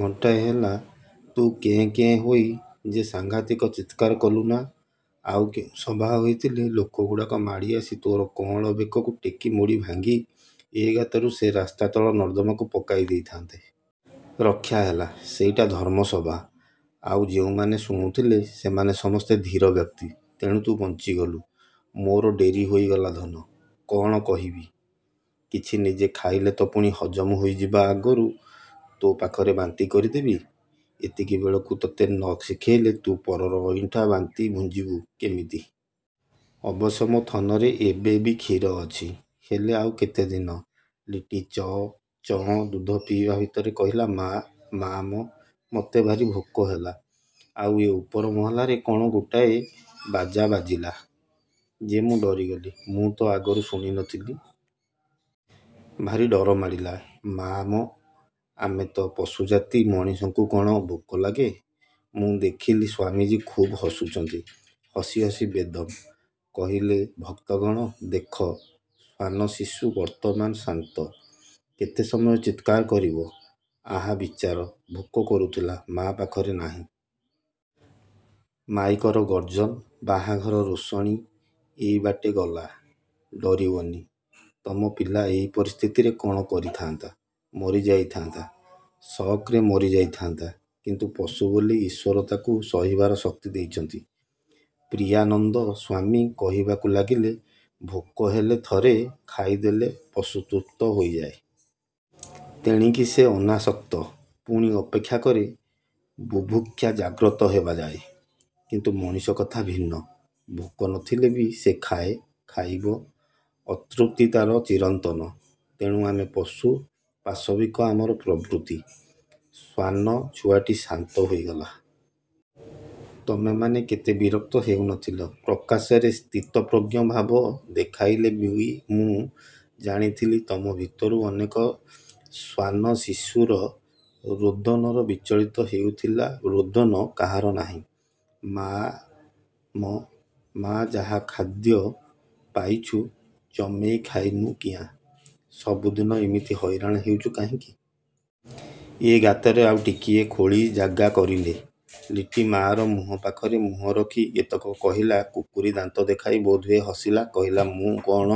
ଘଣ୍ଟାଏ ହେଲା, ତୁ କେଁ କେଁ ହୋଇ ଯେ ସାଂଘାତିକ ଚିତ୍କାର କଲୁ ନା, ଆଉ କେଉଁ ସଭା ହୋଇଥିଲେ, ଲୋକ ଗୁଡ଼ାକ ମାଡ଼ି ଆସି ତୋର କଅଁଳ ବେକକୁ ଟେକି ମୋଡ଼ି ଭାଙ୍ଗି ଏ ଗାତରୁ ସେ ରାସ୍ତା ତଳ ନର୍ଦ୍ଦମାକୁ ପକାଇ ଦେଇଥାନ୍ତେ। ରକ୍ଷାହେଲା, ସେଇଟା ଧର୍ମସଭା। ଆଉ ଯେଉଁମାନେ ଶୁଣୁଥିଲେ, ସେମାନେ ସମସ୍ତେ ଧୀର ବ୍ୟକ୍ତି। ତେଣୁ ତୁ ବଞ୍ଚିଗଲୁ। ମୋର ଡେରି ହେଇଗଲା ଧନ! କଅଣ କହିବି? କିଛି ନିଜେ ଖାଇଲେ ତ ପୁଣି ହଜମ ହୋଇଯିବା ଆଗରୁ ତୋ ପାଖରେ ବାନ୍ତି କରିଦେବି। ଏତିକିବେଳୁ ତତେ ନ ଶିଖେଇଲେ ତୁ ପରର ଅଇଁଠା, ବାନ୍ତି ଭୁଞ୍ଜିବୁ କେମିତି? ଅବଶ୍ୟ ମୋ ଥନରେ ଏବେ ବି କ୍ଷୀର ଅଛି, ହେଲେ ଆଉ କେତେ ଦିନ? ଲିଟି ଚଅ ଚଅଁ ଦୁଧ ପିଇବା ଭିତରେ କହିଲା–ମାଆ, ମାଆ ମ, ମତେ ଭାରି ଭୋକ ହେଲା। ଆଉ ଏ ଉପର ମହଲାରେ କଣ ଗୋଟାଏ ବାଜାବାଜିଲା ଯେ ମୁଁ ଡରିଗଲି-ମୁଁ ତ ଆଗରୁ ଶୁଣି ନଥିଲି। ଭାରି ଡରମାଡ଼ିଲା। ମାଆ ମ, ଆମେ ତ ପଶୁଜାତି-ମଣିଷଙ୍କୁ କଣ ଭୋକ ଲାଗେ? ମୁଁ ଦେଖିଲି ସ୍ଵାମିଜୀ ଖୁବ୍ ହସୁଛନ୍ତି। ହସି ହସି ବେଦମ୍। କହିଲେ-ଭକ୍ତଗଣ! ଦେଖ, ଶ୍ଵାନଶିଶୁ ବର୍ତ୍ତମାନ ଶାନ୍ତ। କେତେ ସମୟ ଚିତ୍କାର କରିବ? ଆହା ବିଚାରା! ଭୋକ କରୁଥିଲା, ମାଆ ପାଖରେ ନାହିଁ। ମାଇକର ଗର୍ଜନ। ବାହାଘର ରୋଷଣି ଏଇ ବାଟେ ଗଲା। ଡରିବନି? ତମ ପିଲା ଏଇ ପରିସ୍ଥିତିରେ କଅଣ କରିଥାନ୍ତା? ମରିଯାଇଥାନ୍ତା, ସକ୍ ରେ ମରିଯାଇଥାନ୍ତା; କିନ୍ତୁ ପଶୁ ବୋଲି ଈଶ୍ଵର ତାକୁ ସହିବାର ଶକ୍ତି ଦେଇଛନ୍ତି। ପ୍ରିୟାନନ୍ଦ ସ୍ଵାମୀ କହିବାକୁ ଲାଗିଲେ-ଭୋକ ହେଲେ ଥରେ ଖାଇଦେଲେ ପଶୁ ତୃପ୍ତ ହୋଇଯାଏ। ତେଣିକି ସେ ଅନାସକ୍ତ। ପୁଣି ଅପେକ୍ଷା କରେ ବୁଭୁକ୍ଷା ଜାଗ୍ରତ ହେବାଯାଏ; କିନ୍ତୁ ମଣିଷ କଥା ଭିନ୍ନ। ଭୋକ ନ ଥିଲେ ବି ସେ ଖାଏ, ଖାଇବ, ଅତୃପ୍ତି ତାର ଚିରନ୍ତନ। ତେଣୁ ଆମେ ପଶୁ, ପାଶବିକ ଆମର ପ୍ରବୃତ୍ତି। ଶ୍ଵାନ ଛୁଆଟି ଶାନ୍ତ ହୋଇଗଲା। ତମେମାନେ କେତେ ବିରକ୍ତ ହେଉନଥିଲ? ପ୍ରକାଶ୍ୟରେ ସ୍ଥିତପ୍ରଜ୍ଞ ଭାବ ଦେଖାଇଲେ ବି ମୁଁ ଜାଣିଥିଲି ତମ ଭିତରୁ ଅନେକ ଶ୍ଵାନଶିଶୁର ରୋଦନରେ ବିଚଳିତ ହେଉଥିଲ। ରୋଦନ କାହାର ନାହିଁ? -ମାଆ ମ, ମାଆ, ଯାହା ଖାଦ୍ୟ ପାଇଛୁ, ଜମେଇ ରଖୁନୁ କିଆଁ? ସବୁଦିନ ଏମିତି ହଇରାଣ ହେଉଛୁ କହିଁକି? ଏ ଗାତରେ ଆଉ ଟିକିଏ ଖୋଳି ଜାଗା କରିନେ…। ଲିଟି ମାଆର ମୁହଁ ପାଖରେ ମୁହଁ ରଖି ଏତକ କହିଲା–କୁକୁରୀ ଦାନ୍ତ ଦେଖାଇ ବୋଧହୁଏ ହସିଲା। କହିଲା–ମୁଁ କଅଣ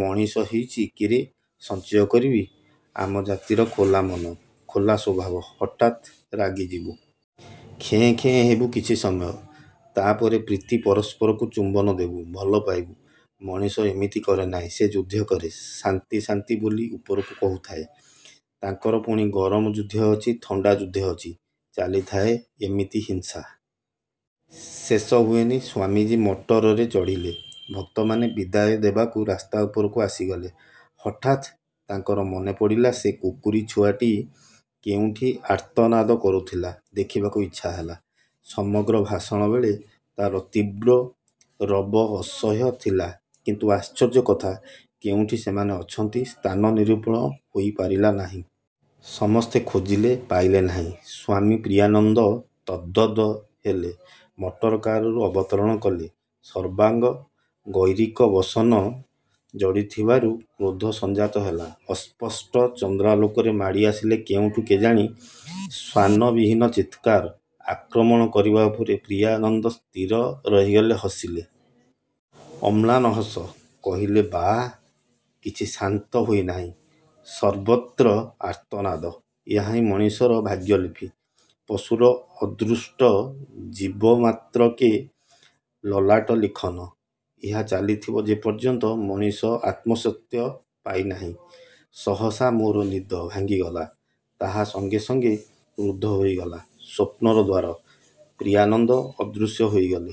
ମଣିଷ ହେଇଚି କିରେ! ସଞ୍ଚୟ କରିବି? ଆମ ଜାତିର ଖୋଲା ମନ, ଖୋଲା ସ୍ଵଭାବ। ହଠାତ୍ ରାଗିଯିବୁ... ଖେଁ ଖେଁ ହେବୁ କିଛି ସମୟ, ତା ପରେ ପ୍ରୀତି, ପରସ୍ପରକୁ ଚୁମ୍ବନ ଦେବୁ। ଭଲ ପାଇବୁ। ମଣିଷ ଏମିତି କରେନାହିଁ। ସେ ଯୁଦ୍ଧ କରେ। ଶାନ୍ତି ଶାନ୍ତି ବୋଲି ଉପରକୁ କହୁଥାଏ। ତାଙ୍କର ପୁଣି ଗରମ ଯୁଦ୍ଧ ଅଛି, ଥଣ୍ଡା ଯୁଦ୍ଧ ଅଛି। ଚାଲିଥାଏ ଏମିତି ହିଂସା... ଶେଷ ହୁଏନି। ସ୍ଵାମିଜୀ ମଟରରେ ଚଢ଼ିଲେ। ଭକ୍ତମାନେ ବିଦାୟ ଦେବାକୁ ରାସ୍ତା ଉପରକୁ ଆସିଗଲେ। ହଠାତ୍ ତାଙ୍କର ମନେପଡ଼ିଲା, ସେ କୁକୁରୀ ଛୁଆଟି କେଉଁଠି ଆର୍ତ୍ତନାଦ କରୁଥିଲା। ଦେଖିବାକୁ ଇଚ୍ଛାହେଲା। ସମଗ୍ର ଭାଷଣବେଳେ ତାର ତୀବ୍ର ରବ ଅସହ୍ୟ ଥିଲା। କିନ୍ତୁ ଆଶ୍ଚର୍ଯ୍ୟ କଥା, କେଉଁଠି ସେମାନେ ଅଛନ୍ତି, ସ୍ଥାନ ନିରୂପଣ ହୋଇପାରିଲାନାହିଁ। ସମସ୍ତେ ଖୋଜିଲେ... ପାଇଲେ ନାହିଁ। ସ୍ଵାମୀ ପ୍ରିୟାନନ୍ଦ ତଦ୍ଗତ ହେଲେ। ମଟରକାରରୁ ଅବତରଣ କଲେ। ସର୍ବାଙ୍ଗ। ଗୈରିକ ବସନ ଜଡ଼ିଥିବାରୁ କ୍ରୋଧ ସଂଜାତ ହେଲା। ଅସ୍ପଷ୍ଟ ଚନ୍ଦ୍ରାଲୋକରେ ମାଡ଼ି ଆସିଲେ କେଉଁଠୁ କେଜାଣି ଶ୍ଵାନବାହିନୀ ଚିତ୍କାର, ଆକ୍ରମଣ କରିବା ଉପରେ... ପ୍ରିୟାନନ୍ଦ ସ୍ଥିର ରହିଗଲେ। ହସିଲେ... ଅମ୍ଳାନ ହସ। କହିଲେ–ବାଃ, କିଛି ଶାନ୍ତ ହୋଇନାହିଁ। ସର୍ବତ୍ର ଆର୍ତ୍ତନାଦ... ଏହାହିଁ ମଣିଷର ଭାଗ୍ୟଲିପି, ପଶୁର ଅଦୃଷ୍ଟ, ଜୀବମାତ୍ରକେ ଲଲାଟଲିଖନ। ଏହା ଚାଲିଥିବ ଯେପର୍ଯ୍ୟନ୍ତ ମଣିଷ ଆତ୍ମସତ୍ୟ ପାଇନାହିଁ। ସହସା ମୋର ନିଦ ଭାଙ୍ଗିଗଲା, ତାହା ସଙ୍ଗେ ସଙ୍ଗେ ରୁଦ୍ଧ ହୋଇଗଲା ସ୍ଵପ୍ନର ଦ୍ଵାର। ପ୍ରିୟାନନ୍ଦ ଅଦୃଶ୍ୟ ହୋଇଗଲେ।